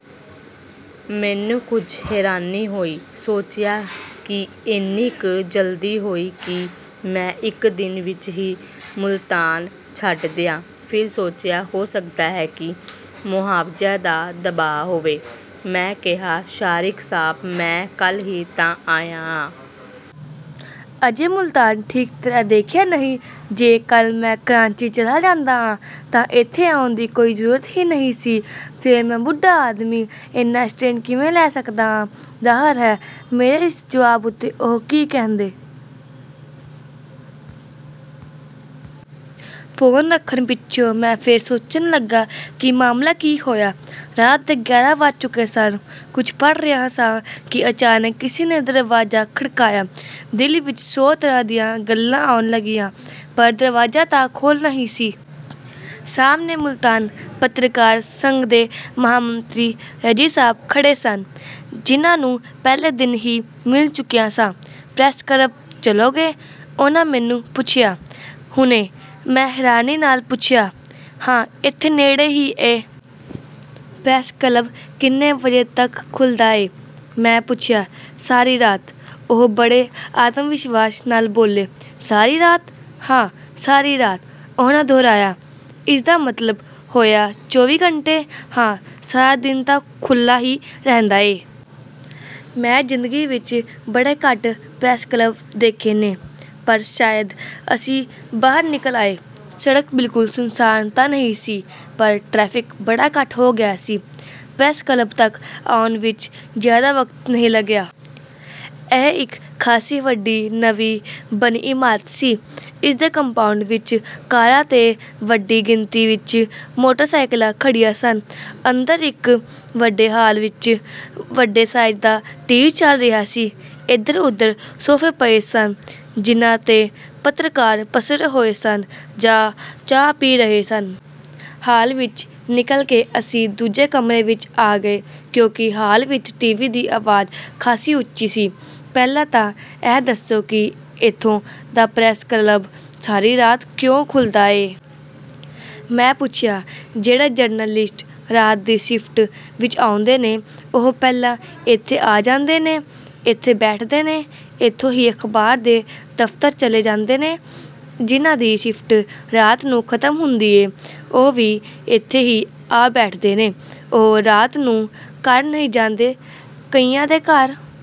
ਮੈਨੂੰ ਕੁਝ ਹੈਰਾਨੀ ਹੋਈ। ਸੋਚਿਆ ਕਿ ਏਨੀ ਕ ਜਲਦੀ ਹੋਈ ਕਿ ਮੈਂ ਇਕ ਦਿਨ ਵਿੱਚ ਹੀ ਮੁਲਤਾਨ ਛੱਡ ਦਿਆਂ? ਫੇਰ ਸੋਚਿਆ, ਹੋ ਸਕਦਾ ਹੈ ਕਿ 'ਮੋਹਾਫ਼ਿਜ਼ਾਂ' ਦਾ ਦਬਾਅ ਹੋਵੇ। ਮੈਂ ਕਿਹਾ, "ਸ਼ਾਰਿਕ ਸਾਹਬ, ਮੈਂ ਕੱਲ੍ਹ ਹੀ ਤਾਂ ਆਇਆ ਆਂ। ਅਜੇ ਮੁਲਤਾਨ ਠੀਕ ਤਰ੍ਹਾਂ ਦੇਖਿਆ ਨਹੀਂ। ਜੇ ਕੱਲ੍ਹ ਮੈਂ ਕਰਾਚੀ ਚਲਾ ਜਾਂਦਾ ਆਂ ਤਾਂ ਇੱਥੇ ਆਉਣ ਦੀ ਕੋਈ ਜ਼ਰੂਰਤ ਹੀ ਨਹੀਂ ਸੀ। ਫੇਰ ਮੈਂ ਬੁੱਢਾ ਆਦਮੀ, ਏਨਾ ਸਟ੍ਰੇਨ ਕਿਵੇਂ ਲੈ ਸਕਦਾ ਆਂ?" ਜ਼ਾਹਰ ਹੈ, ਮੇਰੇ ਇਸ ਜਵਾਬ ਉੱਤੇ ਉਹ ਕੀ ਕਹਿੰਦੇ? ਫ਼ੋਨ ਰੱਖਣ ਪਿੱਛੋਂ ਮੈਂ ਫੇਰ ਸੋਚਣ ਲੱਗਾ ਕਿ ਮਾਮਲਾ ਕੀ ਹੋਇਆ? ਰਾਤ ਦੇ ਗਿਆਰਾਂ ਵੱਜ ਚੁੱਕੇ ਸਨ। ਕੁਝ ਪੜ੍ਹ ਰਿਹਾ ਸਾਂ ਕਿ ਅਚਾਨਕ ਕਿਸੇ ਨੇ ਦਰਵਾਜ਼ਾ ਖੜਕਾਇਆ। ਦਿਲ ਵਿੱਚ ਸੌ ਤਰ੍ਹਾਂ ਦੀਆਂ ਗੱਲਾਂ ਆਉਣ ਲੱਗੀਆਂ, ਪਰ ਦਰਵਾਜ਼ਾ ਤਾਂ ਖੋਲ੍ਹਣਾ ਹੀ ਸੀ। ਸਾਹਮਣੇ ਮੁਲਤਾਨ ਪੱਤਰਕਾਰ ਸੰਘ ਦੇ ਮਹਾਮੰਤਰੀ ਹਜ਼ੀ ਸਾਹਬ ਖੜ੍ਹੇ ਸਨ, ਜਿਨ੍ਹਾਂ ਨੂੰ ਪਹਿਲੇ ਦਿਨ ਹੀ ਮਿਲ ਚੁੱਕਿਆ ਸਾਂ। "ਪ੍ਰੈਸ ਕਲੱਬ ਚਲੋਗੇ?" ਉਹਨਾਂ ਮੈਨੂੰ ਪੁੱਛਿਆ। "ਹੁਣੇ!" ਮੈਂ ਹੈਰਾਨੀ ਨਾਲ ਪੁੱਛਿਆ। "ਹਾਂ... ਇੱਥੇ ਨੇੜੇ ਹੀ ਏ।" "ਪ੍ਰੈਸ ਕਲੱਬ ਕਿੰਨੇ ਵਜੇ ਤੱਕ ਖੁੱਲ੍ਹਦਾ ਏ?" ਮੈਂ ਪੁੱਛਿਆ। "ਸਾਰੀ ਰਾਤ।" ਉਹ ਬੜੇ ਆਤਮ-ਵਿਸ਼ਵਾਸ ਨਾਲ ਬੋਲੇ। "ਸਾਰੀ ਰਾਤ?" "ਹਾਂ... ਸਾਰੀ ਰਾਤ।" ਉਹਨਾਂ ਦੋਹਰਾਇਆ। "ਇਸਦਾ ਮਤਲਬ ਹੋਇਆ ਚੌਵੀ ਘੰਟੇ?" "ਹਾਂ... ਸਾਰਾ ਦਿਨ ਤਾਂ ਖੁੱਲ੍ਹਾ ਹੀ ਰਹਿੰਦਾ ਏ।" "ਮੈਂ ਜ਼ਿੰਦਗੀ ਵਿੱਚ ਬੜੇ ਘੱਟ ਪ੍ਰੈਸ ਕਲੱਬ ਦੇਖੇ ਨੇ... ਪਰ ਸ਼ਾਇਦ..." ਅਸੀਂ ਬਾਹਰ ਨਿਕਲ ਆਏ। ਸੜਕ ਬਿਲਕੁਲ ਸੁੰਨਸਾਨ ਤਾਂ ਨਹੀਂ ਸੀ, ਪਰ ਟ੍ਰੈਫਿਕ ਬੜਾ ਘੱਟ ਹੋ ਗਿਆ ਸੀ। ਪ੍ਰੈਸ ਕਲੱਬ ਤੱਕ ਆਉਣ ਵਿੱਚ ਜ਼ਿਆਦਾ ਵਕਤ ਨਹੀਂ ਲੱਗਿਆ। ਇਹ ਇਕ ਖਾਸੀ ਵੱਡੀ, ਨਵੀਂ ਬਣੀ ਇਮਾਰਤ ਸੀ। ਇਸਦੇ ਕੰਪਾਊਂਡ ਵਿੱਚ ਕਾਰਾਂ ਤੇ ਵੱਡੀ ਗਿਣਤੀ ਵਿੱਚ ਮੋਟਰ-ਸਾਈਕਲਾਂ ਖੜ੍ਹੀਆਂ ਸਨ। ਅੰਦਰ ਇਕ ਵੱਡੇ ਹਾਲ ਵਿੱਚ ਵੱਡੇ ਸਾਈਜ਼ ਦਾ ਟੀਵੀ ਚੱਲ ਰਿਹਾ ਸੀ। ਇਧਰ-ਉਧਰ ਸੋਫੇ ਪਏ ਸਨ, ਜਿਨ੍ਹਾਂ 'ਤੇ ਪੱਤਰਕਾਰ ਪੱਸਰੇ ਹੋਏ ਸਨ ਜਾਂ ਚਾਹ ਪੀ ਰਹੇ ਸਨ। ਹਾਲ ਵਿੱਚ ਨਿਕਲ ਕੇ ਅਸੀਂ ਦੂਜੇ ਕਮਰੇ ਵਿੱਚ ਆ ਗਏ, ਕਿਉਂਕਿ ਹਾਲ ਵਿੱਚ ਟੀਵੀ ਦੀ ਆਵਾਜ਼ ਖਾਸੀ ਉੱਚੀ ਸੀ। "ਪਹਿਲਾਂ ਤਾਂ ਇਹ ਦੱਸੋ ਕਿ ਇੱਥੋਂ ਦਾ ਪ੍ਰੈਸ ਕਲੱਬ ਸਾਰੀ ਰਾਤ ਕਿਉਂ ਖੁੱਲ੍ਹਦਾ ਏ?" ਮੈਂ ਪੁੱਛਿਆ। "ਜਿਹੜੇ ਜਰਨਲਿਸਟ ਰਾਤ ਦੀ ਸ਼ਿਫ਼ਟ ਵਿੱਚ ਆਉਂਦੇ ਨੇ, ਉਹ ਪਹਿਲਾਂ ਇੱਥੇ ਆ ਜਾਂਦੇ ਨੇ। ਇੱਥੇ ਬੈਠਦੇ ਨੇ, ਇੱਥੋਂ ਹੀ ਅਖ਼ਬਾਰ ਦੇ ਦਫ਼ਤਰ ਚਲੇ ਜਾਂਦੇ ਨੇ। ਜਿਹਨਾਂ ਦੀ ਸ਼ਿਫ਼ਟ ਰਾਤ ਨੂੰ ਖ਼ਤਮ ਹੁੰਦੀ ਏ, ਉਹ ਵੀ ਇੱਥੇ ਹੀ ਆ ਬੈਠਦੇ ਨੇ।" "ਉਹ ਰਾਤ ਨੂੰ ਘਰ ਨਹੀਂ ਜਾਂਦੇ?" "ਕਈਆਂ ਦੇ ਘਰ..."